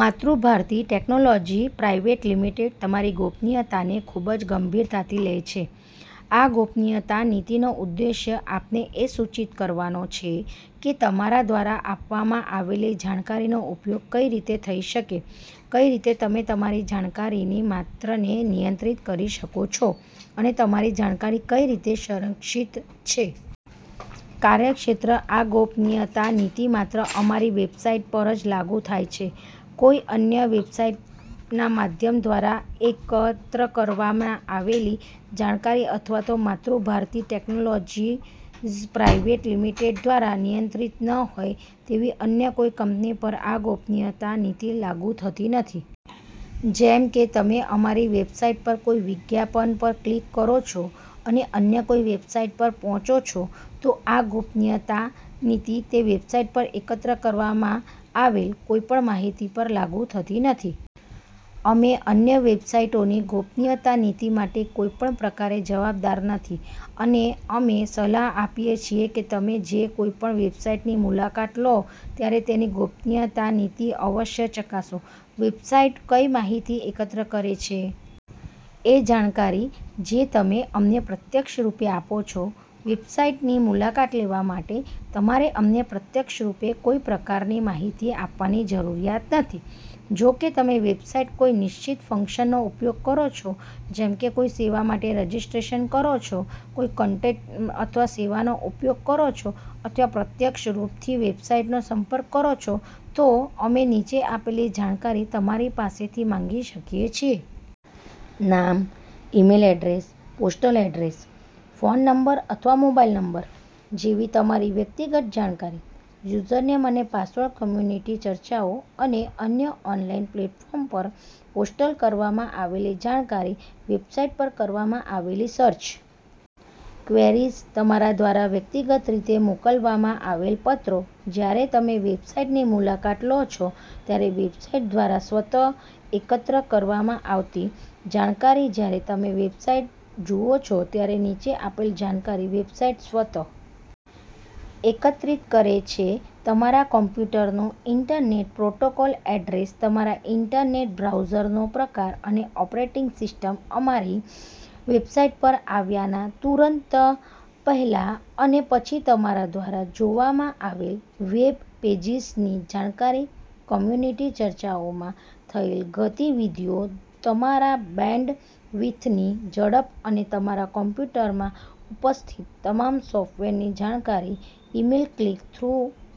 Matrubharti technologies private limited તમારી ગોપનીયતાને ખૂબ જ ગંભીરતાથી લે છે. આ ગોપનીયતા નીતિનો ઉદ્દેશ્ય આપને એ સૂચિત કરવાનો છે કે તમારા દ્વારા આપવામાં આવેલી જાણકારીનો ઉપયોગ કઈ રીતે થઇ શકે છે, કઈ રીતે તમે તમારી જાણકારીની માત્રને નિયંત્રિત કરી શકો છો, અને તમારી જાણકારી કઈ રીતે સંરક્ષિત છે. કાર્યક્ષેત્ર આ ગોપનીયતા નીતિ માત્ર અમારી વેબસાઈટ પર જ લાગુ થાય છે. કોઈ અન્ય વેબસાઈટના માધ્યમ દ્વારા એકત્ર કરવાના આવેલી જાણકારી અથવા તો માતૃભારતી ટેક્નૉલોજિઝ પ્રાઇવેટ લિમિટેડ દ્વારા નિયંત્રિત ન હોય તેવી અન્ય કોઈ કંપની પર આ ગોપનીયતા નીતિ લાગુ થતી નથી. જેમ કે, તમે અમારી વેબસાઈટ પર કોઈ વિજ્ઞાપન પર ક્લિક કરો છો અને અન્ય કોઈ વેબસાઈટ પર પહોંચો છો તો આ ગોપનીયતા નીતિ તે વેબસાઈટ પર એકત્ર કરવામાં આવેલ કોઈ પણ માહિતી પર લાગુ થતી નથી. અમે અન્ય વેબસાઈટોની ગોપનીયતા નીતી માટે કોઈ પણ પ્રકારે જવાબદાર નથી અને અમે સલાહ આપીએ છીએ કે તમે જે કોઈ પણ વેબસાઈટની મુલાકાત લો ત્યારે તેની ગોપનીયતા નીતિ અવશ્ય ચકાસો. વેબસાઈટ કઈ માહિતી એકત્ર કરે છે? એ જાણકારી જે તમે અમને પ્રત્યક્ષરૂપે આપો છો. વેબસાઈટની મુલાકાત લેવા માટે તમારે અમને પ્રત્યક્ષરૂપે કોઈ પ્રકારની માહિતી આપવાની જરૂરિયાત નથી. જો કે તમે વેબસાઈટ કોઈ નિશ્ચિત ફંક્શનનો ઉપયોગ કરો છો, જેમ કે કોઈ સેવા માટે રજિસ્ટ્રેશન કરો છો, કોઈ કન્ટેન્ટ અથવા સેવાનો ઉપયોગ કરો છો અથવા પ્રત્યક્ષ રૂપથી વેબસાઈટનો સંપર્ક કરો છો તો અમે નીચે આપેલી જાણકારી તમારી પાસેથી માંગી શકીએ છીએ. નામ, email address, postal address. Phone number અથવા મોબાઈલ નંબર જેવી તમારી વ્યક્તિગત જાણકારી. યુઝરનેમ અને પાસવર્ડ કમ્યુનિટી ચર્ચાઓ અને અન્ય ઓનલાઈન પ્લૅટફોર્મ પર પોસ્ટ કરવામાં આવેલી જાણકારી વેબસાઈટ પર કરવામાં આવેલી સર્ચ ક્વેરીઝ તમારા દ્વારા વ્યક્તિગત રીતે મોકલવામાં આવેલ પત્રો જયારે તમે વેબસાઈટની મુલાકાત લો છો ત્યારે વેબસાઈટ દ્વારા સ્વતઃ એકત્ર કરવામાં આવતી જાણકારી જયારે તમે વેબસાઈટ જુઓ છો ત્યારે નીચે આપેલ જાણકારી વેબસાઈટ સ્વતઃ એકત્રિત કરે છે: તમારા કમ્પ્યુટરનું ઈન્ટરનેટ પ્રોટોકોલ એડ્રેસ તમારા ઈન્ટરનેટ બ્રાઉઝરનો પ્રકાર અને ઓપરેટીંગ સિસ્ટમ અમારી વેબસાઈટ પર આવ્યાના તુરંત પહેલા અને પછી તમારા દ્વારા જોવામાં આવેલ વેબપેજીસની જાણકારી કમ્યુનિટી ચર્ચાઓમાં થયેલ ગતિવિધિઓ તમારા બેન્ડવિથની ઝડપ અને તમારા કમ્પ્યુટરમાં ઉપસ્થિત તમામ સોફ્ટવેરની જાણકારી ઈમેલ ક્લિક-થ્રુ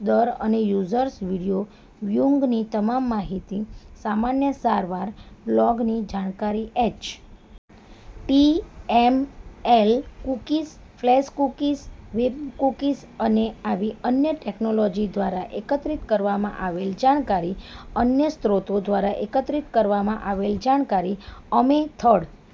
દર અને યુઝર્સ વિડીયો વ્યુઈંગની તમામ માહિતી સામાન્ય સારવાર લોગની જાણકારી H. T. M. L cookies, flash cookies, web cookies અને આવી અન્ય ટેક્નૉલોજિ દ્વારા એકત્રિત કરવામાં આવેલ જાણકારી અન્ય સ્ત્રોતો દ્વારા એકત્રિત કરવામાં આવેલ જાણકારી અમે થર્ડ